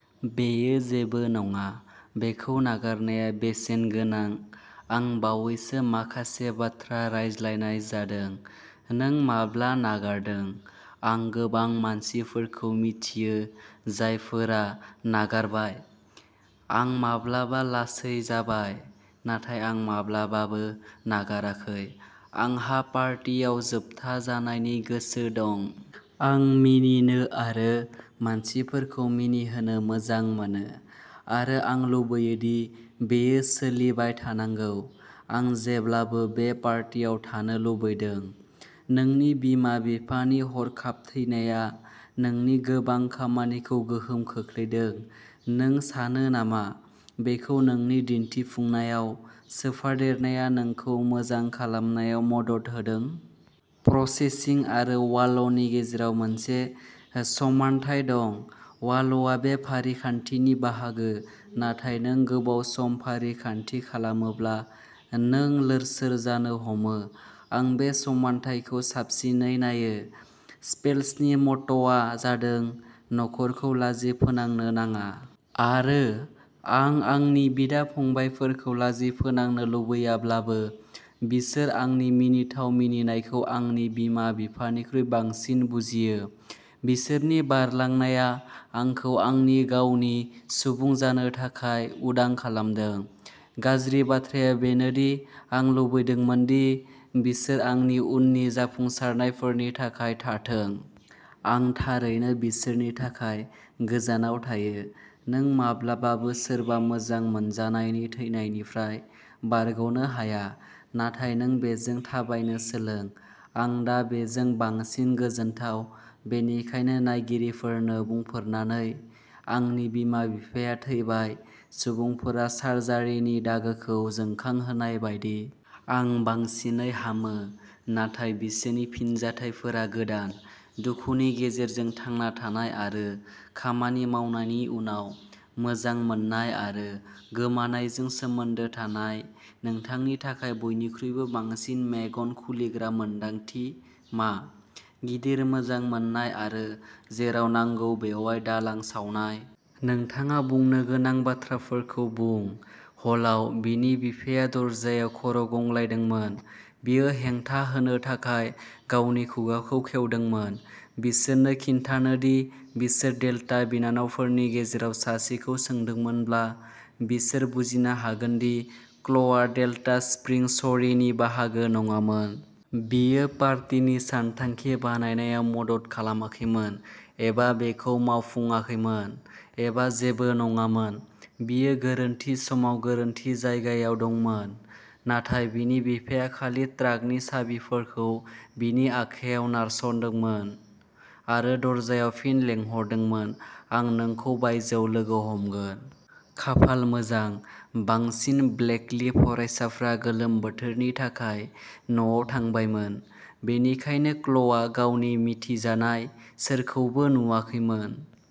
बेयो जेबो नङा। बेखौ नागारनाया बेसेनगोनां। आं बावैसो माखासे बाथ्रा रायज्लायनाय जादों, "नों माब्ला नागारदों? " आं गोबां मानसिफोरखौ मिथियो जायफोरा नागारबाय। आं माब्लाबा लासै जाबाय, नाथाय आं माब्लाबाबो नागाराखै। आंहा पार्टियाव जोबथा जानायनि गोसो दं। आं मिनिनो आरो मानसिफोरखौ मिनिहोनो मोजां मोनो, आरो आं लुबैयो दि बेयो सोलिबाय थानांगौ। आं जेब्लाबो बे पार्टियाव थानो लुबैदों। नोंनि बिमा-बिफानि हरखाब थैनाया नोंनि गोबां खामानिखौ गोहोम खोख्लैदों। नों सानो नामा बेखौ नोंनि दिन्थिफुंनायाव सोफादेरनाया नोंखौ मोजां खालामनायाव मदद होदों? प्रसेसिं आरो वाल'नि गेजेराव मोनसे समानथाय दं। वाल'आ बे फारिखान्थिनि बाहागो, नाथाय नों गोबाव सम फारिखान्थि खालामोब्ला, नों लोरसोर जानो हमो। आं बे समानथायखौ साबसिनै नायो। स्पेल्सनि म'ट'आ जादों "न'खरखौ लाजि फोनांनो नाङा। " आरो आं आंनि बिदा-फंबायफोरखौ लाजि फोनांनो लुबैयाब्लाबो, बिसोर आंनि मिनिथाव मिनिनायखौ आंनि बिमा-बिफानिख्रुइ बांसिन बुजियो। बिसोरनि बारलांनाया आंखौ आंनि गावनि सुबुं जानो थाखाय उदां खालामदों। गाज्रि बाथ्राया बेनो दि आं लुबैदोंमोन दि बिसोर आंनि उननि जाफुंसारनायफोरनि थाखाय थाथों। आं थारैनो बिसोरनि थाखाय गोजानाव थायो। नों माब्लाबाबो सोरबा मोजां मोनजानायनि थैनायनिफ्राय बारग'नो हाया, नाथाय नों बेजों थाबायनो सोलोंो। आं दा बेजों बांसिन गोजोनथाव, बेनिखायनो नायगिरिफोरनो बुंफोरनानै, "आंनि बिमा-बिफाया थैबाय", सुबुंफोरा सार्जारिनि दागोखौ जोंखांहोनाय बायदि। आं बांसिनै हामो नाथाय बिसोरनि फिनजाथायफोरा गोदान। दुखुनि गेजेरजों थांना थानाय आरो खामानि मावनायनि उनाव, मोजां मोननाय आरो गोमानायजों सोमोन्दो थानाय नोंथांनि थाखाय बयनिख्रुइबो बांसिन मेगन खुलिग्रा मोनदांथि मा? गिदिर मोजां मोन्नाय आरो जेराव नांगौ बैयाव दालां सावनाय। नोंथाङा बुंनो गोनां बाथ्राफोरखौ बुं। हलआव? बिनि बिफाया दरजायाव खर'गंग्लायदोंमोन। बियो हेंथा होनो थाखाय गावनि खुगाखौ खेवदोंमोन, बिसोरनो खोन्थानो दि बिसोर डेल्टा बिनानावफोरनि गेजेराव सासेखौ सोंदोंमोनब्ला, बिसोर बुजिनो हागोन दि क्ल'या डेल्टा स्प्रिं स'रीनि बाहागो नङामोन। बियो पार्टिनि सानथांखि बानायनायाव मदद खालामाखैमोन एबा बेखौ मावफुंाखैमोन एबा जेबो नङामोन। बियो गोरोन्थि समाव गोरोन्थि जायगायाव दंमोन। नाथाय बिनि बिफाया खालि ट्राकनि साबिफोरखौ बिनि आखायाव नारस'दोंमोन आरो दरजायाव फिन लेंहरदोंमोन। आं नोंखौ बायजोआव लोगो हमगोन। खाफाल मोजां, बांसिन ब्लेकली फरायसाफ्रा गोलोम बोथोरनि थाखाय न'आव थांबायमोन, बेनिखायनो क्ल'आ गावनि मिथिजानाय सोरखौबो नुवाखैमोन।